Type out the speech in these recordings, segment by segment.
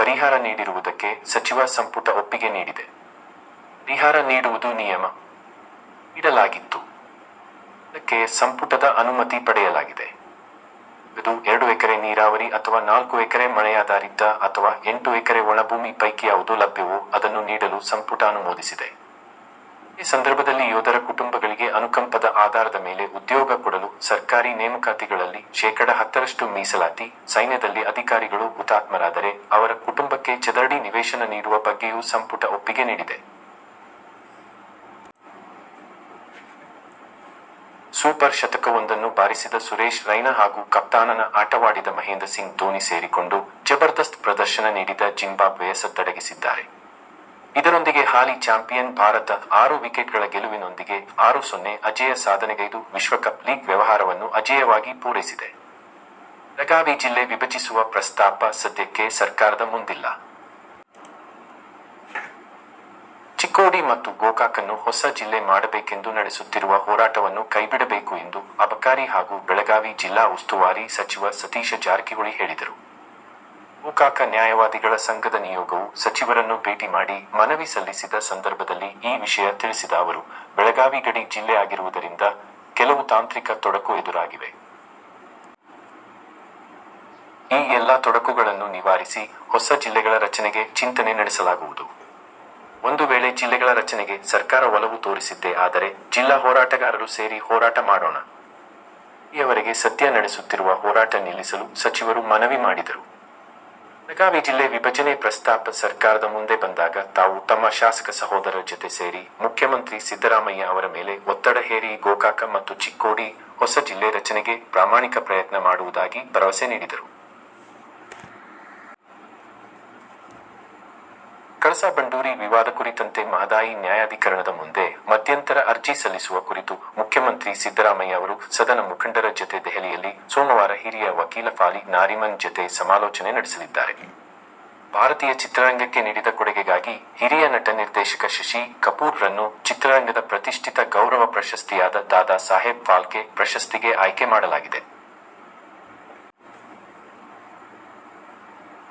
ಪರಿಹಾರ ನೀಡಿರುವುದಕ್ಕೆ ಸಚಿವ ಸಂಪುಟ ಒಪ್ಪಿಗೆ ನೀಡಿದೆ. ಪರಿಹಾರ ನೀಡುವುದು ನಿಯಮ. ನೀಡಲಾಗಿತ್ತು. ಅದಕ್ಕೆ ಸಂಪುಟದ ಅನುಮತಿ ಪಡೆಯಲಾಗಿದೆ. ನಗದು, ಎರಡು ಎಕರೆ ನೀರಾವರಿ ಅಥವಾ ನಾಲ್ಕು ಎಕರೆ ಮಳೆಯಾಧಾರಿತ ಅಥವಾ ಎಂಟು ಎಕರೆ ಒಣಭೂಮಿ ಪೈಕಿಯಾವುದು ಲಭ್ಯವೋ ಅದನ್ನು ನೀಡಲು ಸಂಪುಟ ಅನುಮೋದಿಸಿದೆ. ಇದೇ ಸಂದರ್ಭದಲ್ಲಿ ಯೋಧರ ಕುಟುಂಬಗಳಿಗೆ ಅನುಕಂಪದ ಆಧಾರದ ಮೇಲೆ ಉದ್ಯೋಗ ಕೊಡಲು ಸರ್ಕಾರಿ ನೇಮಕಾತಿಗಳಲ್ಲಿ ಶೇಖಡ ಹತ್ತರಷ್ಟು ಮೀಸಲಾತಿ, ಸೈನ್ಯದಲ್ಲಿ ಅಧಿಕಾರಿಗಳು ಹುತಾತ್ಮರಾದರೆ ಅವರ ಕುಟುಂಬಕ್ಕೆ ಚದರಡಿ ನಿವೇಶನ ನೀಡುವ ಬಗ್ಗೆಯೂ ಸಂಪುಟ ಒಪ್ಪಿಗೆ ನೀಡಿದೆ. ಸೂಪರ್ ಶತಕವೊಂದನ್ನು ಬಾರಿಸಿದ ಸುರೇಶ್ ರೈನಾ ಹಾಗೂ ಕಪ್ತಾನನ ಆಟವಾಡಿದ ಮಹೇಂದ್ರ ಸಿಂಗ್ ಧೋನಿ ಸೇರಿಕೊಂಡು ಜಬರ್ದಸ್ತ್ ಪ್ರದರ್ಶನ ನೀಡಿದ ಜಿಂಬಾಬ್ವೆಯ ಸದ್ದಡಗಿಸಿದ್ದಾರೆ. ಇದರೊಂದಿಗೆ ಹಾಲಿ ಚಾಂಪಿಯನ್ ಭಾರತ ಆರು ವಿಕೆಟ್ಗಳ ಗೆಲುವಿನೊಂದಿಗೆ ಆರು-ಸೊನ್ನೆ ಅಜೇಯ ಸಾಧನೆಗೈದು ವಿಶ್ವಕಪ್ ಲೀಗ್ ವ್ಯವಹಾರವನ್ನು ಅಜೇಯವಾಗಿ ಪೂರೈಸಿದೆ. ಬೆಳಗಾವಿ ಜಿಲ್ಲೆ ವಿಭಜಿಸುವ ಪ್ರಸ್ತಾಪ ಸದ್ಯಕ್ಕೆ ಸರ್ಕಾರದ ಮುಂದಿಲ್ಲ. ಚಿಕ್ಕೋಡಿ ಮತ್ತು ಗೋಕಾಕನ್ನು ಹೊಸ ಜಿಲ್ಲೆ ಮಾಡಬೇಕೆಂದು ನಡೆಸುತ್ತಿರುವ ಹೋರಾಟವನ್ನು ಕೈಬಿಡಬೇಕು ಎಂದು ಅಬಕಾರಿ ಹಾಗೂ ಬೆಳಗಾವಿ ಜಿಲ್ಲಾ ಉಸ್ತುವಾರಿ ಸಚಿವ ಸತೀಶ ಜಾರಕಿಹೊಳಿ ಹೇಳಿದರು. ಗೋಕಾಕ ನ್ಯಾಯವಾದಿಗಳ ಸಂಘದ ನಿಯೋಗವು ಸಚಿವರನ್ನು ಭೇಟಿ ಮಾಡಿ ಮನವಿ ಸಲ್ಲಿಸಿದ ಸಂದರ್ಭದಲ್ಲಿ ಈ ವಿಷಯ ತಿಳಿಸಿದ ಅವರು, ಬೆಳಗಾವಿ ಗಡಿ ಜಿಲ್ಲೆ ಆಗಿರುವುದರಿಂದ ಕೆಲವು ತಾಂತ್ರಿಕ ತೊಡಕು ಎದುರಾಗಿವೆ. ಈ ಎಲ್ಲ ತೊಡಕುಗಳನ್ನು ನಿವಾರಿಸಿ ಹೊಸ ಜಿಲ್ಲೆಗಳ ರಚನೆಗೆ ಚಿಂತನೆ ನಡೆಸಲಾಗುವುದು. ಒಂದು ವೇಳೆ ಜಿಲ್ಲೆಗಳ ರಚನೆಗೆ ಸರ್ಕಾರ ಒಲವು ತೋರಿಸಿದ್ದೇ ಆದರೆ, ಜಿಲ್ಲಾ ಹೋರಾಟಗಾರರು ಸೇರಿ ಹೋರಾಟ ಮಾಡೋಣ. ಅಲ್ಲಿಯವರೆಗೆ ಸದ್ಯ ನಡೆಸುತ್ತಿರುವ ಹೋರಾಟ ನಿಲ್ಲಿಸಲು ಸಚಿವರು ಮನವಿ ಮಾಡಿದರು. ಬೆಳಗಾವಿ ಜಿಲ್ಲೆ ವಿಭಜನೆ ಪ್ರಸ್ತಾಪ ಸರ್ಕಾರದ ಮುಂದೆ ಬಂದಾಗ ತಾವು ತಮ್ಮ ಶಾಸಕ ಸಹೋದರರ ಜತೆ ಸೇರಿ ಮುಖ್ಯಮಂತ್ರಿ ಸಿದ್ಧರಾಮಯ್ಯ ಅವರ ಮೇಲೆ ಒತ್ತಡ ಹೇರಿ ಗೋಕಾಕ ಮತ್ತು ಚಿಕ್ಕೋಡಿ ಹೊಸ ಜಿಲ್ಲೆ ರಚನೆಗೆ ಪ್ರಾಮಾಣಿಕ ಪ್ರಯತ್ನ ಮಾಡುವುದಾಗಿ ಭರವಸೆ ನೀಡಿದರು. ಕಳಸಾ ಬಂಡೂರಿ ವಿವಾದ ಕುರಿತಂತೆ ಮಹದಾಯಿ ನ್ಯಾಯಾಧಿಕರಣದ ಮುಂದೆ ಮಧ್ಯಂತರ ಅರ್ಜಿ ಸಲ್ಲಿಸುವ ಕುರಿತು ಮುಖ್ಯಮಂತ್ರಿ ಸಿದ್ದರಾಮಯ್ಯಅವರು ಸದನ ಮುಖಂಡರ ಜತೆ ದೆಹಲಿಯಲ್ಲಿ ಸೋಮವಾರ ಹಿರಿಯ ವಕೀಲ ಫಾಲಿ ನಾರಿಮನ್ ಜತೆ ಸಮಾಲೋಚನೆ ನಡೆಸಲಿದ್ದಾರೆ. ಭಾರತೀಯ ಚಿತ್ರರಂಗಕ್ಕೆ ನೀಡಿದ ಕೊಡೆಗೆಗಾಗಿ ಹಿರಿಯ ನಟ/ನಿರ್ದೇಶಕ ಶಶಿ ಕಪೂರ್ ರನ್ನು ಚಿತ್ರರಂಗದ ಪ್ರತಿಷ್ಠಿತ ಗೌರವ ಪ್ರಶಸ್ತಿಯಾದ ದಾದಾ ಸಾಹೇಬ್ ಫಾಲ್ಕೆ ಪ್ರಶಸ್ತಿಗೆ ಆಯ್ಕೆ ಮಾಡಲಾಗಿದೆ.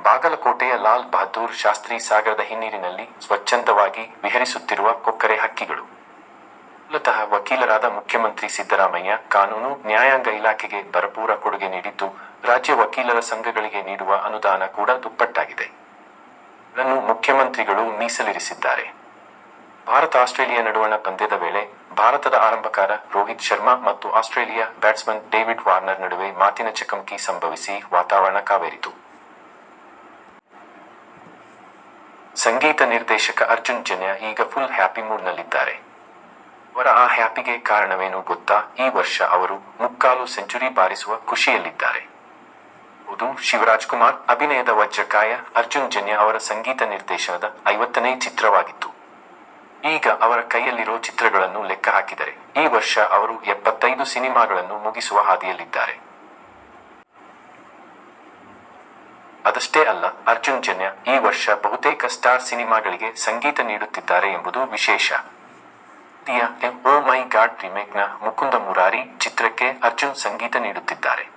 ಬಾಗಲಕೋಟೆಯ ಲಾಲ್ ಬಹದ್ದೂರ್ ಶಾಸ್ತ್ರಿ ಸಾಗರದ ಹಿನ್ನೀರಿನಲ್ಲಿ ಸ್ವಚ್ಛಂದವಾಗಿ ವಿಹರಿಸುತ್ತಿರುವ ಕೊಕ್ಕರೆ ಹಕ್ಕಿಗಳು. ಮೂಲತಃ ವಕೀಲರಾದ ಮುಖ್ಯಮಂತ್ರಿ ಸಿದ್ದರಾಮಯ್ಯ, ಕಾನೂನು, ನ್ಯಾಯಾಂಗ ಇಲಾಖೆಗೆ ಭರಪೂರ ಕೊಡುಗೆ ನೀಡಿದ್ದು, ರಾಜ್ಯ ವಕೀಲರ ಸಂಘಗಳಿಗೆ ನೀಡುವ ಅನುದಾನ ಕೂಡ ದುಪ್ಪಟ್ಟಾಗಿದೆ. ಗಳನ್ನು ಮುಖ್ಯಮಂತ್ರಿಗಳು ಮೀಸಲಿರಿಸಿದ್ದಾರೆ. ಭಾರತ-ಆಸ್ಟ್ರೇಲಿಯ ನಡುವಣ ಪಂದ್ಯದ ವೇಳೆ ಭಾರತದ ಆರಂಭಕಾರ ರೋಹಿತ್ ಶರ್ಮಾ ಮತ್ತು ಆಸ್ಟ್ರೇಲಿಯ ಬ್ಯಾಟ್ಸ್ಮನ್ ಡೇವಿಡ್ ವಾರ್ನರ್ ನಡುವೆ ಮಾತಿನ ಚಕಮಕಿ ಸಂಭವಿಸಿ ವಾತಾವರಣ ಕಾವೇರಿತು. ಸಂಗೀತ ನಿರ್ದೇಶಕ ಅರ್ಜುನ್ ಜನ್ಯ ಈಗ ಫುಲ್ ಹ್ಯಾಪಿಮೂಡ್ನಲ್ಲಿದ್ದಾರೆ. ಅವರ ಆ ಹ್ಯಾಪಿಗೆ ಕಾರಣವೇನು ಗೊತ್ತಾ ಈ ವರ್ಷ ಅವರು ಮುಕ್ಕಾಲು ಸೆಂಚುರಿ ಬಾರಿಸುವ ಖುಷಿಯಲ್ಲಿದ್ದಾರೆ. ಹೌದು, ಶಿವರಾಜ್ಕುಮಾರ್ ಅಭಿನಯದ ವಜ್ರಕಾಯ ಅರ್ಜುನ್ ಜನ್ಯ ಅವರ ಸಂಗೀತ ನಿರ್ದೇಶನದ ಐವತ್ತನೇ ಚಿತ್ರವಾಗಿತ್ತು. ಈಗ ಅವರ ಕೈಯಲ್ಲಿರೋ ಚಿತ್ರಗಳನ್ನು ಲೆಕ್ಕ ಹಾಕಿದರೆ, ಈ ವರ್ಷ ಅವರು ಎಪ್ಪತ್ತೈದು ಸಿನಿಮಾಗಳನ್ನು ಮುಗಿಸುವ ಹಾದಿಯಲ್ಲಿದ್ದಾರೆ. ಅದಷ್ಟೇ ಅಲ್ಲ, ಅರ್ಜುನ್ ಜನ್ಯ ಈ ವರ್ಷ ಬಹುತೇಕ ಸ್ಟಾರ್ ಸಿನಿಮಾಗಳಿಗೆ ಸಂಗೀತ ನೀಡುತ್ತಿದ್ದಾರೆ ಎಂಬುದು ವಿಶೇಷ. ಹಿಂದಿಯ "ಓ ಮೈ ಗಾಡ್' ರಿಮೇಕ್ನ "ಮುಕುಂದ ಮುರಾರಿ' ಚಿತ್ರಕ್ಕೆ ಅರ್ಜುನ್ ಸಂಗೀತ ನೀಡುತ್ತಿದ್ದಾರೆ.